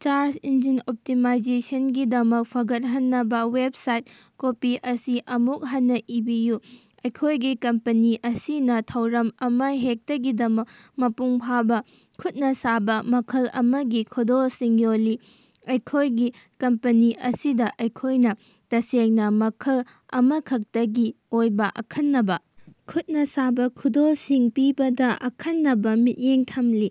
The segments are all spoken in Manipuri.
ꯁꯔꯁ ꯏꯟꯖꯤꯟ ꯑꯣꯞꯇꯤꯃꯥꯏꯖ‌ꯦꯁꯟ ꯒꯤꯗꯃꯛ ꯐꯒꯠꯍꯟꯅꯕ ꯋꯦꯕꯁꯥꯏꯠ ꯀꯣꯄꯤ ꯑꯁꯤ ꯑꯃꯨꯛ ꯍꯟꯅ ꯏꯕꯤꯌꯨ꯫ ꯑꯩꯈꯣꯏꯒꯤ ꯀꯝꯄꯦꯅꯤ ꯑꯁꯤꯅꯥ ꯊꯧꯔꯝ ꯑꯃꯍꯦꯛꯇꯒꯤꯗꯃꯛ ꯃꯄꯨꯡ ꯐꯥꯕꯥ ꯈꯨꯠꯅ ꯁꯥꯕ, ꯃꯈꯜ ꯑꯃꯒꯤ ꯈꯨꯗꯣꯜꯁꯤꯡ ꯌꯣꯜꯂꯤ꯫ ꯑꯩꯈꯣꯏꯒꯤ ꯀꯝꯄꯦꯅꯤ ꯑꯁꯤꯗꯥ ꯑꯩꯈꯣꯏꯅꯥ ꯇꯁꯦꯡꯅ ꯃꯈꯜ ꯑꯃꯈꯛꯇꯒꯤ ꯑꯣꯏꯕ ꯑꯈꯟꯅꯕ ꯈꯨꯠꯅ ꯁꯥꯕꯥ ꯈꯨꯗꯣꯜꯁꯤꯡ ꯄꯤꯕꯗꯥ ꯑꯈꯟꯅꯕ ꯃꯤꯠꯌꯦꯡ ꯊꯝꯂꯤ꯫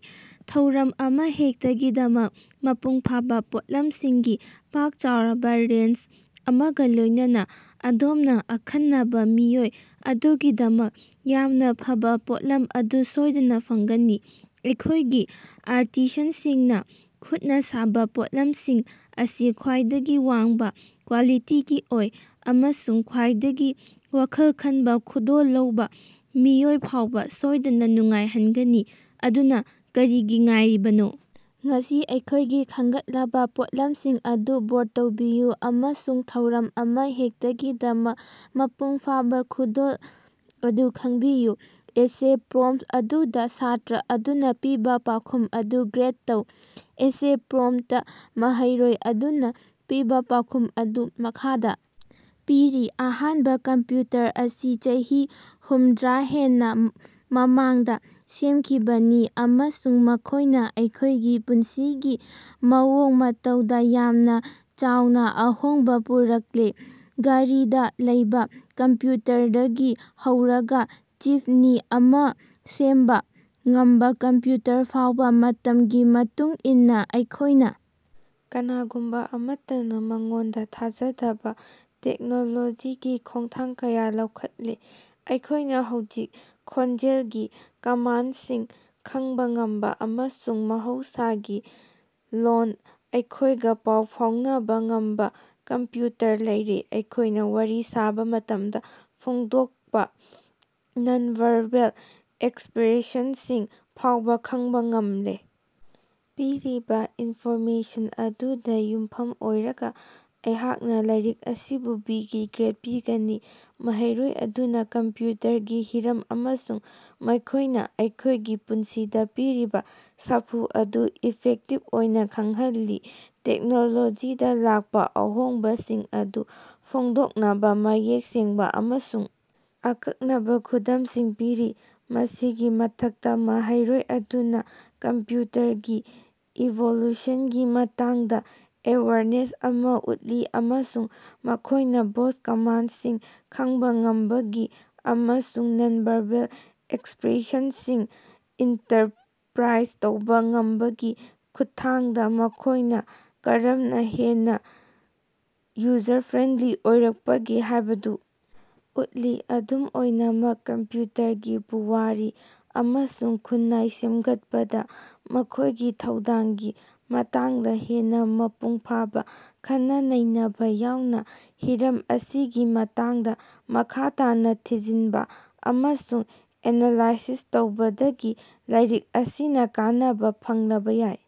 ꯊꯧꯔꯝ ꯑꯃꯍꯦꯛꯇꯒꯤꯗꯃꯛ ꯃꯄꯨꯡ ꯐꯥꯕꯥ ꯄꯣꯠꯂꯝꯁꯤꯡꯒꯤ ꯄꯥꯛ ꯆꯥꯎꯔꯕ ꯔꯦꯟꯖ ꯑꯃꯒꯥ ꯂꯣꯏꯅꯅꯥ, ꯑꯗꯣꯝꯅ ꯑꯈꯟꯅꯕ ꯃꯤꯑꯣꯏ ꯑꯗꯨꯒꯤꯗꯃꯛ ꯌꯥꯝꯅ ꯐꯕꯥ ꯄꯣꯠꯂꯝ ꯑꯗꯨ ꯁꯣꯏꯗꯅ ꯐꯪꯒꯅꯤ꯫ ꯑꯩꯈꯣꯏꯒꯤ ꯑꯥꯔꯇꯤꯁꯥꯟꯁꯤꯡꯅ ꯈꯨꯠꯅ ꯁꯥꯕ ꯄꯣꯠꯊꯣꯛꯁꯤꯡ ꯑꯁꯤ ꯈ꯭ꯋꯥꯏꯗꯒꯤ ꯋꯥꯡꯕ ꯀ꯭ꯋꯥꯂꯤꯇꯤꯒꯤ ꯑꯣꯏ, ꯑꯃꯁꯨꯡ ꯈ꯭ꯋꯥꯏꯗꯒꯤ ꯋꯥꯈꯜ ꯈꯟꯕ ꯈꯨꯗꯣꯜ ꯂꯧꯕ ꯃꯤꯑꯣꯏ ꯐꯥꯎꯕ ꯁꯣꯏꯗꯅ ꯅꯨꯡꯉꯥꯏꯍꯟꯒꯅꯤ꯫ ꯑꯗꯨꯅꯥ ꯀꯔꯤꯒꯤ ꯉꯥꯏꯔꯤꯕꯅꯣ? ꯉꯁꯤ ꯑꯩꯈꯣꯏꯒꯤ ꯈꯟꯒꯠꯂꯕ ꯄꯣꯠꯂꯝꯁꯤꯡ ꯑꯗꯨ ꯕ꯭ꯔꯣꯗ ꯇꯧꯕꯤꯌꯨ ꯑꯃꯁꯨꯡ ꯊꯧꯔꯝ ꯑꯃꯍꯦꯛꯇꯒꯤꯗꯃꯛ ꯃꯄꯨꯡ ꯐꯥꯕꯥ ꯈꯨꯗꯣꯜ ꯑꯗꯨ ꯈꯪꯕꯤꯌꯨ! ꯑꯦꯁꯦ ꯄ꯭ꯔꯣꯝꯞꯇ ꯑꯗꯨꯗꯥ ꯁꯥꯇꯔ ꯑꯗꯨꯅꯥ ꯄꯤꯕꯥ ꯄꯥꯎꯈꯨꯝ ꯑꯗꯨ ꯒ꯭ꯔꯦꯗ ꯇꯧ꯫ ꯑꯦꯁꯦ ꯄ꯭ꯔꯣꯝꯞꯇꯥ ꯃꯍꯩꯔꯣꯏ ꯑꯗꯨꯅ ꯄꯤꯕꯥ ꯄꯥꯎꯈꯨꯝ ꯑꯗꯨ ꯃꯈꯥꯗ ꯄꯤꯔꯤ꯫ ꯑꯍꯥꯟꯕꯥ ꯀꯝꯄꯌꯨꯇꯔ ꯑꯁꯤ ꯆꯍꯤ ꯍꯨꯝꯗꯔꯥ ꯍꯦꯟꯅꯥ ꯃꯃꯥꯡꯗ ꯁꯦꯝꯈꯤꯕꯅꯤ ꯑꯃꯁꯨꯡ ꯃꯈꯣꯏꯅꯥ ꯑꯩꯈꯣꯏꯒꯤ ꯄꯨꯟꯁꯤꯒꯤ ꯃꯑꯣꯡ ꯃꯇꯧꯗꯥ ꯌꯥꯝꯅꯥ ꯆꯥꯎꯅꯥ ꯑꯍꯣꯡꯕꯥ ꯄꯨꯔꯛꯂꯦ꯫ ꯒꯥꯔꯤꯗ ꯂꯩꯕꯥ ꯀꯝꯄꯌꯨꯇꯔꯗꯒꯤ ꯍꯧꯔꯒꯥ ꯁꯤꯐꯅꯤ ꯑꯃꯥ ꯁꯦꯝꯕ ꯉꯝꯕꯥ ꯀꯝꯄꯌꯨꯇꯔ ꯐꯥꯎꯕꯥ, ꯃꯇꯝꯒꯤ ꯃꯇꯨꯡ ꯏꯟꯅꯥ ꯑꯩꯈꯣꯏꯅꯥ ꯀꯅꯥꯒꯨꯝꯕꯥ ꯑꯃꯠꯇꯅꯥ ꯃꯉꯣꯟꯗꯥ ꯊꯥꯖꯗꯕꯥ ꯇꯦꯛꯅꯣꯂꯣꯖꯤꯒꯤ ꯈꯣꯡꯊꯥꯡ ꯀꯌꯥ ꯂꯧꯈꯠꯂꯦ꯫ ꯑꯩꯈꯣꯏꯅ ꯍꯧꯖꯤꯛ ꯈꯣꯟꯖꯦꯜꯒꯤ ꯀꯃꯥꯟꯗꯁꯤꯡ ꯈꯪꯕꯥ ꯉꯝꯕꯥ ꯑꯃꯁꯨꯡ ꯃꯍꯧꯁꯥꯒꯤ ꯂꯣꯟ ꯑꯩꯈꯣꯏꯒꯥ ꯄꯥꯎ ꯐꯥꯎꯅꯕꯥ ꯉꯝꯕꯥ ꯀꯝꯄꯌꯨꯇꯔ ꯂꯩꯔꯤ, ꯑꯩꯈꯣꯏꯅꯥ ꯋꯥꯔꯤ ꯁꯥꯕꯥ ꯃꯇꯝꯗꯥ ꯐꯣꯡꯗꯣꯛꯄꯥ ꯅꯟ-ꯚꯥꯔꯕꯦꯜ ꯑꯦꯛꯁꯄꯔꯦꯁꯟꯁꯤꯡ ꯐꯥꯎꯕꯥ ꯈꯪꯕꯥ ꯉꯝꯂꯦ꯫ ꯄꯤꯔꯤꯕꯥ ꯏꯟꯐꯣꯔꯃꯦꯁꯟ ꯑꯗꯨꯗꯥ ꯌꯨꯝꯐꯝ ꯑꯣꯏꯔꯒꯥ ꯑꯩꯍꯥꯛꯅꯥ ꯂꯥꯏꯔꯤꯛ ꯑꯁꯤꯕꯨ ꯕꯤꯒꯤ ꯒ꯭ꯔꯦꯗ ꯄꯤꯒꯅꯤ, ꯃꯍꯩꯔꯣꯏ ꯑꯗꯨꯅ ꯀꯝꯄꯌꯨꯇꯔꯒꯤ ꯍꯤꯔꯝ ꯑꯃꯁꯨꯡ ꯃꯈꯣꯏꯅꯥ ꯑꯩꯈꯣꯏꯒꯤ ꯄꯨꯟꯁꯤꯗ ꯄꯤꯔꯤꯕꯥ ꯁꯥꯐꯨ ꯑꯗꯨ ꯏꯐꯦꯛꯇꯤꯕ ꯑꯣꯏꯅꯥ ꯈꯪꯍꯜꯂꯤ, ꯇꯦꯛꯅꯣꯂꯣꯖꯤꯗꯥ ꯂꯥꯛꯄꯥ ꯑꯍꯣꯡꯕꯁꯤꯡ ꯑꯗꯨ ꯐꯣꯡꯗꯣꯛꯅꯕꯥ ꯃꯌꯦꯛ ꯁꯦꯡꯕꯥ ꯑꯃꯁꯨꯡ ꯑꯀꯛꯅꯕꯥ ꯈꯨꯗꯝꯁꯤꯡ ꯄꯤꯔꯤ꯫ ꯃꯁꯤꯒꯤ ꯃꯊꯛꯇꯥ, ꯃꯍꯩꯔꯣꯏ ꯑꯗꯨꯅꯥ ꯀꯝꯄꯌꯨꯇꯔꯒꯤ ꯏꯚꯣꯂꯨꯁꯟꯒꯤ ꯃꯇꯥꯡꯗꯥ ꯑꯦꯋꯦꯌꯔꯅꯦꯁ ꯑꯃꯥ ꯎꯠꯂꯤ ꯑꯃꯁꯨꯡ ꯃꯈꯣꯏꯅꯥ ꯚꯣꯏꯁ ꯀꯃꯥꯟꯗꯁꯤꯡ ꯈꯪꯕꯥ ꯉꯝꯕꯒꯤ ꯑꯃꯁꯨꯡ ꯅꯟ-ꯚꯥꯔꯕꯦꯜ ꯑꯦꯛꯁꯄꯔꯦꯁꯟꯁꯤꯡ ꯏꯟꯇꯔꯄꯔꯥꯏꯖ ꯇꯧꯕ ꯉꯝꯕꯒꯤ ꯈꯨꯠꯊꯥꯡꯗꯥ ꯃꯈꯣꯏꯅꯥ ꯀꯔꯝꯅꯥ ꯍꯦꯟꯅꯥ ꯌꯨꯖꯔ ꯐ꯭ꯔꯦꯟꯗꯂꯤ ꯑꯣꯏꯔꯛꯄꯒꯦ ꯍꯥꯏꯕꯗꯨ ꯎꯠꯂꯤ꯫ ꯑꯗꯨꯝ ꯑꯣꯏꯅꯃꯛ, ꯀꯝꯄꯌꯨꯇꯔꯒꯤ ꯄꯨꯋꯥꯔꯤ ꯑꯃꯁꯨꯡ ꯈꯨꯟꯅꯥꯏ ꯁꯦꯝꯒꯠꯄꯗꯥ ꯃꯈꯣꯏꯒꯤ ꯊꯧꯗꯥꯡꯒꯤ ꯃꯇꯥꯡꯗꯥ ꯍꯦꯟꯅꯥ ꯃꯄꯨꯡ ꯐꯥꯕꯥ ꯈꯟꯅ-ꯅꯩꯅꯕꯥ ꯌꯥꯎꯅ ꯍꯤꯔꯝ ꯑꯁꯤꯒꯤ ꯃꯇꯥꯡꯗ ꯃꯈꯥ ꯇꯥꯅꯥ ꯊꯤꯖꯤꯟꯕ ꯑꯃꯁꯨꯡ ꯑꯦꯅꯥꯂꯥꯏꯁꯤꯁ ꯇꯧꯕꯗꯒꯤ ꯂꯥꯏꯔꯤꯛ ꯑꯁꯤꯅꯥ ꯀꯥꯟꯅꯕ ꯐꯪꯂꯕ ꯌꯥꯏ꯫